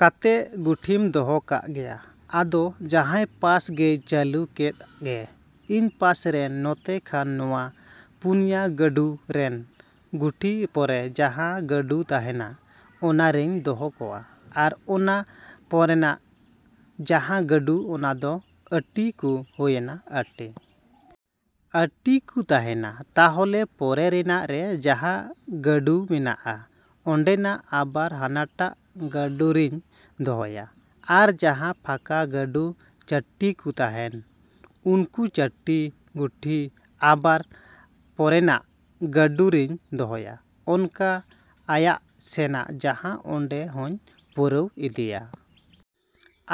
ᱠᱟᱛᱮ ᱜᱩᱴᱷᱤᱢ ᱫᱚᱦᱚ ᱠᱟᱜ ᱜᱮᱭᱟ, ᱟᱫᱚ ᱡᱟᱦᱟᱸᱭ ᱯᱟᱥ ᱜᱮᱭ ᱪᱟᱹᱞᱩ ᱠᱮᱫ ᱜᱮ᱾ ᱤᱧ ᱯᱟᱥ ᱨᱮᱱ ᱱᱚᱛᱮ ᱠᱷᱚᱱ ᱱᱚᱣᱟ ᱯᱩᱱᱭᱟ ᱜᱟᱹᱰᱩ ᱨᱮᱱ ᱜᱩᱴᱷᱤ ᱯᱚᱨᱮ ᱡᱟᱦᱟᱸ ᱜᱟᱹᱰᱩ ᱛᱟᱦᱮᱱᱟ ᱚᱱᱟ ᱨᱤᱧ ᱫᱚᱦᱚ ᱠᱚᱣᱟ᱾ ᱟᱨ ᱚᱱᱟ ᱯᱚᱨᱮᱱᱟᱜ ᱡᱟᱦᱟᱸ ᱜᱟᱹᱰᱩ ᱚᱱᱟ ᱫᱚ ᱟᱴᱴᱤ ᱠᱚ ᱦᱩᱭᱮᱱᱟ, ᱟᱴᱴᱤ᱾ ᱟᱴᱴᱤ ᱠᱚ ᱛᱟᱦᱮᱱᱟ, ᱛᱟᱦᱞᱮ ᱯᱚᱨᱮ ᱨᱮᱱᱟᱜ ᱨᱮ ᱡᱟᱦᱟᱸ ᱜᱟᱹᱰᱩ ᱢᱮᱱᱟᱜᱼᱟ ᱚᱸᱰᱮᱱᱟᱜ ᱟᱵᱟᱨ ᱦᱟᱱᱟᱴᱟᱜ ᱜᱟᱹᱰᱩᱨᱤᱧ ᱫᱚᱦᱚᱭᱟ᱾ ᱟᱨ ᱡᱟᱦᱟᱸ ᱯᱷᱟᱠᱟ ᱜᱟᱹᱰᱩ ᱪᱟᱴᱴᱤ ᱠᱚ ᱛᱟᱦᱮᱱ, ᱩᱱᱠᱩ ᱪᱟᱴᱴᱤ ᱜᱩᱴᱷᱤ ᱟᱵᱟᱨ ᱯᱚᱨᱮᱱᱟᱜ ᱜᱟᱹᱰᱩ ᱨᱤᱧ ᱫᱚᱦᱚᱭᱟ᱾ ᱚᱱᱠᱟ ᱟᱭᱟᱜ ᱥᱮᱱᱟᱜ ᱡᱟᱦᱟᱸ ᱚᱸᱰᱮ ᱦᱚᱸᱧ ᱯᱩᱨᱟᱹᱣ ᱤᱫᱤᱭᱟ᱾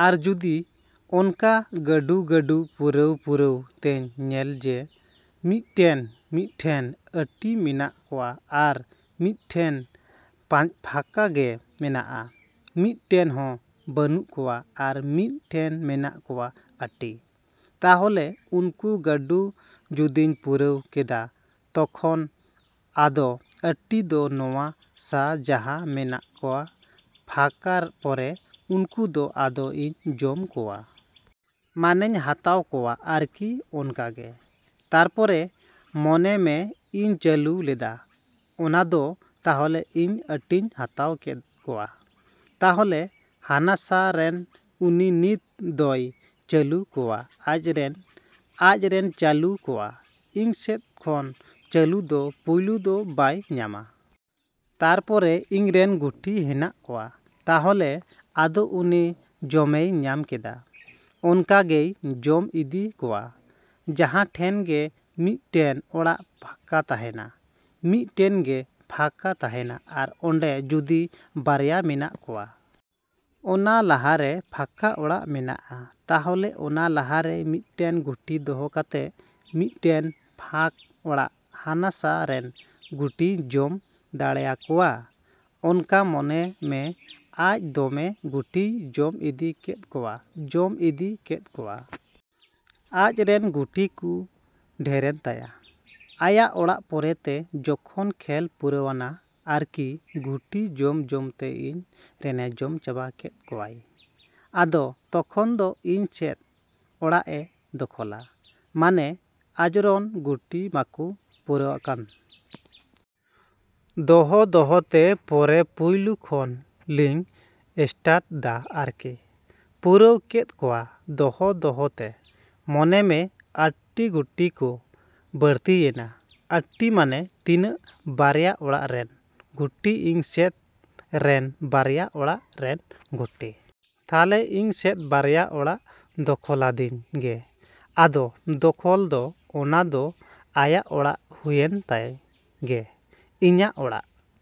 ᱟᱨ ᱡᱩᱫᱤ ᱚᱱᱠᱟ ᱜᱟᱹᱰᱩᱼᱜᱟᱹᱰᱩ ᱯᱩᱨᱟᱹᱣᱼᱯᱩᱨᱟᱹᱣ ᱛᱮᱧ ᱧᱮᱞᱟ ᱡᱮ, ᱢᱤᱫᱴᱮᱱ, ᱢᱤᱫᱴᱷᱮᱱ ᱟᱴᱴᱤ ᱢᱮᱱᱟᱜ ᱠᱚᱣᱟ ᱟᱨ ᱢᱤᱫᱴᱷᱮᱱ ᱯᱷᱟᱸᱠᱟ ᱜᱮ ᱢᱮᱱᱟᱜᱼᱟ ᱢᱤᱫᱴᱮᱱ ᱦᱚᱸ ᱵᱟᱹᱱᱩᱜ ᱠᱚᱣᱟ, ᱟᱨ ᱢᱤᱫ ᱴᱷᱮᱱ ᱢᱮᱱᱟᱜ ᱠᱚᱣᱟ ᱟᱴᱴᱤ᱾ ᱛᱟᱦᱞᱮ ᱩᱱᱠᱩ ᱜᱟᱹᱰᱩ ᱡᱩᱫᱤᱧ ᱯᱩᱨᱟᱹᱣ ᱠᱮᱫᱟ ᱛᱚᱠᱷᱚᱱ ᱟᱫᱚ ᱟᱴᱴᱤ ᱫᱚ ᱱᱚᱣᱟ ᱥᱟ ᱡᱟᱦᱟᱸ ᱢᱮᱱᱟᱜ ᱠᱚᱣᱟ ᱯᱷᱟᱸᱠᱟ ᱯᱚᱨᱮ ᱩᱱᱠᱩ ᱫᱚ ᱟᱫᱚ ᱤᱧ ᱡᱚᱢ ᱠᱚᱣᱟ᱾ ᱢᱟᱱᱮᱧ ᱦᱟᱛᱟᱣ ᱠᱚᱣᱟ ᱟᱨᱠᱤ ᱚᱱᱠᱟᱜᱮ᱾ ᱛᱟᱨᱯᱚᱨᱮ ᱢᱚᱱᱮ ᱢᱮ ᱤᱧ ᱪᱟᱹᱞᱩ ᱞᱮᱫᱟ ᱚᱱᱟ ᱫᱚ ᱛᱟᱦᱞᱮ ᱤᱧ ᱟᱴᱴᱤᱧ ᱦᱟᱛᱟᱣ ᱠᱮᱫ ᱠᱚᱣᱟ᱾ ᱛᱟᱦᱞᱮ ᱦᱟᱱᱟ ᱥᱟ ᱨᱮᱱ ᱩᱱᱤ ᱱᱤᱛ ᱫᱚᱭ ᱪᱟᱹᱞᱩ ᱠᱚᱣᱟ ᱟᱡᱨᱮᱱᱮ ᱟᱡᱨᱮᱱᱮ ᱪᱟᱞᱩ ᱠᱚᱣᱟ᱾ ᱤᱧ ᱥᱮᱫ ᱠᱷᱚᱱ ᱪᱟᱞᱩ ᱫᱚ ᱯᱳᱭᱞᱳ ᱫᱚ ᱵᱟᱭ ᱧᱟᱢᱟ᱾ ᱛᱟᱨᱯᱚᱨᱮ ᱤᱧ ᱨᱮᱱ ᱜᱩᱴᱷᱤ ᱦᱮᱱᱟᱜ ᱠᱚᱣᱟ, ᱛᱟᱦᱞᱮ ᱟᱫᱚ ᱩᱱᱤ ᱡᱚᱢᱮᱭ ᱧᱟᱢ ᱠᱮᱫᱟ᱾ ᱚᱱᱠᱟᱜᱮᱭ ᱡᱚᱢ ᱤᱫᱤ ᱠᱚᱣᱟ᱾ ᱡᱟᱦᱟᱸ ᱴᱷᱮᱱ ᱜᱮ ᱢᱤᱫᱴᱮᱱ ᱚᱲᱟᱜ ᱯᱷᱟᱸᱠᱟ ᱛᱟᱦᱮᱱᱟ, ᱢᱤᱫᱴᱮᱱ ᱜᱮ ᱯᱷᱟᱸᱠᱟ ᱛᱟᱦᱮᱱᱟ ᱟᱨ ᱚᱸᱰᱮ ᱡᱩᱫᱤ ᱵᱟᱨᱭᱟ ᱢᱮᱱᱟᱜ ᱠᱚᱣᱟ᱾ ᱚᱱᱟ ᱞᱟᱦᱟ ᱨᱮ ᱯᱷᱟᱸᱠᱟ ᱚᱲᱟᱜ ᱢᱮᱱᱟᱜᱼᱟ, ᱛᱟᱦᱞᱮ ᱚᱱᱟ ᱞᱟᱦᱟ ᱨᱮ ᱢᱤᱫᱴᱮᱱ ᱜᱩᱴᱷᱤ ᱫᱚᱦᱚ ᱠᱟᱛᱮ ᱢᱤᱫᱴᱮᱱ ᱯᱷᱟᱸᱠ ᱚᱲᱟᱜ ᱦᱟᱱᱟ ᱥᱟ ᱨᱮᱱ ᱜᱩᱴᱷᱤᱭ ᱡᱚᱢ ᱫᱟᱲᱮᱭᱟᱠᱚᱣᱟ᱾ ᱚᱱᱠᱟ ᱢᱚᱱᱮ ᱢᱮ ᱟᱡ ᱫᱚᱢᱮ ᱜᱩᱴᱷᱤᱭ ᱡᱚᱢ ᱤᱫᱤ ᱠᱮᱫ ᱠᱚᱣᱟ, ᱡᱚᱢ ᱤᱫᱤ ᱠᱮᱫ ᱠᱚᱣᱟ᱾ ᱟᱡᱨᱮᱱ ᱜᱩᱴᱷᱤ ᱠᱚ ᱰᱷᱮᱨᱮᱱ ᱛᱟᱭᱟ᱾ ᱟᱭᱟᱜ ᱚᱲᱟᱜ ᱯᱚᱨᱮ ᱛᱮ ᱡᱚᱠᱷᱚᱱ ᱠᱷᱮᱞ ᱯᱩᱨᱟᱹᱣᱱᱟ ᱟᱨᱠᱤ ᱜᱩᱴᱷᱤ ᱡᱚᱢᱼᱡᱚᱢ ᱛᱮ ᱤᱧ ᱨᱮᱱᱮ ᱡᱚᱢ ᱪᱟᱵᱟ ᱠᱮᱫ ᱠᱚᱣᱟᱭ᱾ ᱟᱫᱚ ᱛᱚᱠᱷᱚᱱ ᱫᱚ ᱤᱧ ᱥᱮᱫ ᱚᱲᱟᱜ ᱮ ᱫᱚᱠᱷᱚᱞᱟ᱾ ᱢᱟᱱᱮ ᱟᱡᱨᱚᱱ ᱜᱩᱴᱷᱤ ᱢᱟᱠᱚ ᱯᱩᱨᱟᱹᱣᱟᱠᱟᱱ᱾ ᱫᱚᱦᱚᱼᱫᱚᱦᱚᱛᱮ ᱯᱚᱨᱮ ᱯᱳᱭᱞᱳ ᱠᱷᱚᱱ ᱞᱤᱧ ᱮᱥᱴᱟᱴ ᱫᱟ ᱟᱨᱠᱤ᱾ ᱯᱩᱨᱟᱹᱣ ᱠᱮᱫ ᱠᱚᱣᱟ ᱫᱚᱦᱚ ᱫᱚᱦᱚ ᱛᱮ, ᱢᱚᱱᱮ ᱢᱮ ᱟᱴᱴᱤ ᱜᱩᱴᱷᱤ ᱠᱚ ᱵᱟᱹᱲᱛᱤᱭᱮᱱᱟ᱾ ᱟᱴᱴᱤ ᱢᱟᱱᱮ ᱛᱤᱱᱟᱹᱜ, ᱵᱟᱨᱭᱟ ᱚᱲᱟᱜ ᱨᱮᱱ ᱜᱩᱴᱷᱤ, ᱤᱧ ᱥᱮᱫ ᱨᱮᱱ ᱵᱟᱨᱭᱟ ᱚᱲᱟᱜ ᱨᱮᱱ ᱜᱩᱴᱷᱤ᱾ ᱛᱟᱦᱞᱮ ᱤᱧ ᱥᱮᱫ ᱵᱟᱨᱭᱟ ᱚᱲᱟᱜ ᱫᱚᱠᱷᱚᱞᱟᱫᱤᱧ ᱜᱮ᱾ ᱟᱫᱚ ᱫᱚᱠᱷᱚᱞ ᱫᱚ, ᱚᱱᱟ ᱫᱚ ᱟᱭᱟᱜ ᱚᱲᱟᱜ ᱦᱩᱭᱮᱱ ᱛᱟᱭ ᱜᱮ, ᱤᱧᱟᱹᱜ ᱚᱲᱟᱜ᱾